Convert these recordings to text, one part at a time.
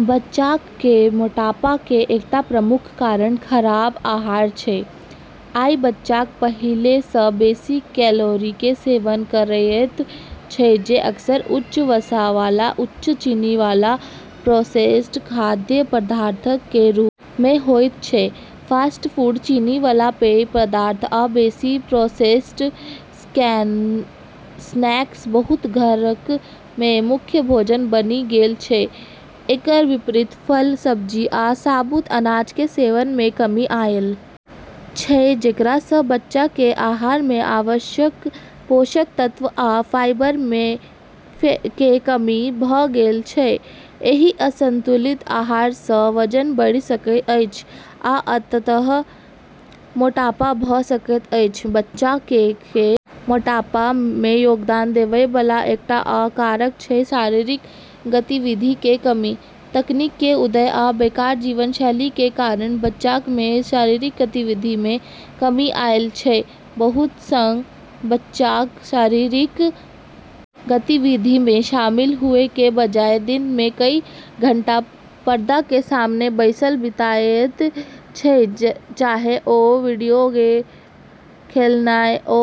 बच्चाक कें मोटापा कें एकटा प्रमुख कारण खराब आहार छै, आइ बच्चाक पहिले सं बेसि कैलोरी कें सेवन करएयत छै जे अक्सर उच्च वसा वाला उच्च चीनी वाला प्रोसेस्ड खाद्य पदार्थक कें रूप मे होयत छै, फास्ट फूड, चीनी वाला पेय पदार्थ आ बेसि प्रोसेस्ड स्नैक्स बहुत घरक मे मुख्य भोजन बनि गेल छै, एकर विपरीत फल, सब्जी आ साबुत अनाज कें सेवन मे कमी आयल छै जेकरा सं बच्चाक कें आहार मे आवश्यक पोषक तत्व आ फाइबर कें कमी भ गेल छै, एहि असंतुलित आहार सं वजन बढ़ि सकैत अएछ आ अंततः मोटापा भ सकैत अछि, बच्चाक कें मोटापा मे योगदान देवय वाला एकटा आ कारक छै शारीरिक गतिविधि कें कमी, तकनीक कें उदय आ बेकार जीवनशैली कें कारण बच्चाक मे शारीरिक गतिविधि मे कमी आयल छै, बहुत सं बच्चाक शारीरिक गतिविधि मे शामिल हुए कें बजाय दिन मे कई घंटा पर्दा कें सामने बैसल बिताएयत छै चाहे ओ वीडियो गेम खेलनाय हो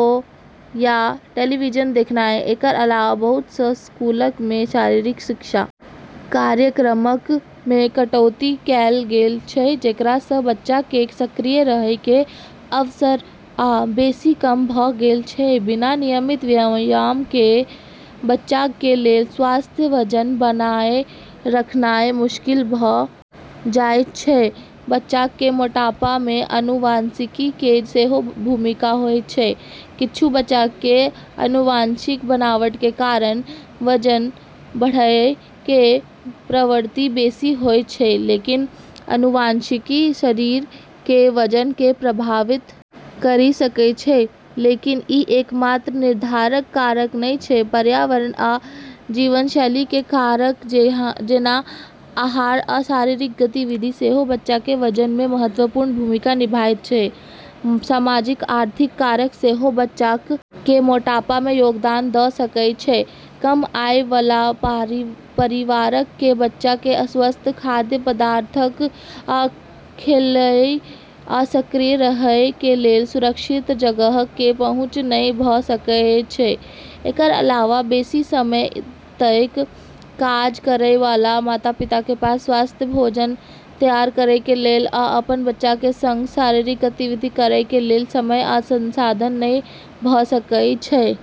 या टेलीविजन देखनाय, एकर अलावा बहुत सं स्कूलक मे शारीरिक शिक्षा कार्यक्रमक मे कटौती कैल गेल छै जेकरा सं बच्चाक कें सक्रिय रहय कें अवसर आ बेसि कम भ गेल छै बिना नियमित व्यायाम कें बच्चाक कें लेल स्वस्थ वजन बनाए रखनाय मुश्किल भ जायत छै, बच्चाक कें मोटापा मे आनुवंशिकी कें सेहो भूमिका होयत छै, किच्छू बच्चाक कें आनुवंशिक बनावट कें कारण वजन बढ़एय कें प्रवृत्ति बेसि होयत छै, लेकिन आनुवंशिकी शरीर के वजन के प्रभावित करी सकै छै, लेकिन ई एकमात्र निर्धारक कारक नै छै, पर्यावरण आ जीवनशैली कें कारक जेना आहार आ शारीरिक गतिविधि सेहो बच्चा कें वजन मे महत्वपूर्ण भूमिका निभायत छै, सामाजिक-आर्थिक कारक सेहो बच्चाक कें मोटापा मे योगदान द सकएय छै, कम आय वाला परिवारक कें बच्चाक कें स्वस्थ खाद्य पदार्थक या खेलएय आ सक्रिय रहएय कें लेल सुरक्षित जगहक कें पहुंच नहि भ सकएय छै, एकर अलावा बेसि समय तइक काज करएय वाला माता-पिता कें पास स्वस्थ भोजन तैयार करएय कें लेल या अपन बच्चाक कें संग शारीरिक गतिविधि करएय कें लेल समय या संसाधन नहि भ सकएय छै।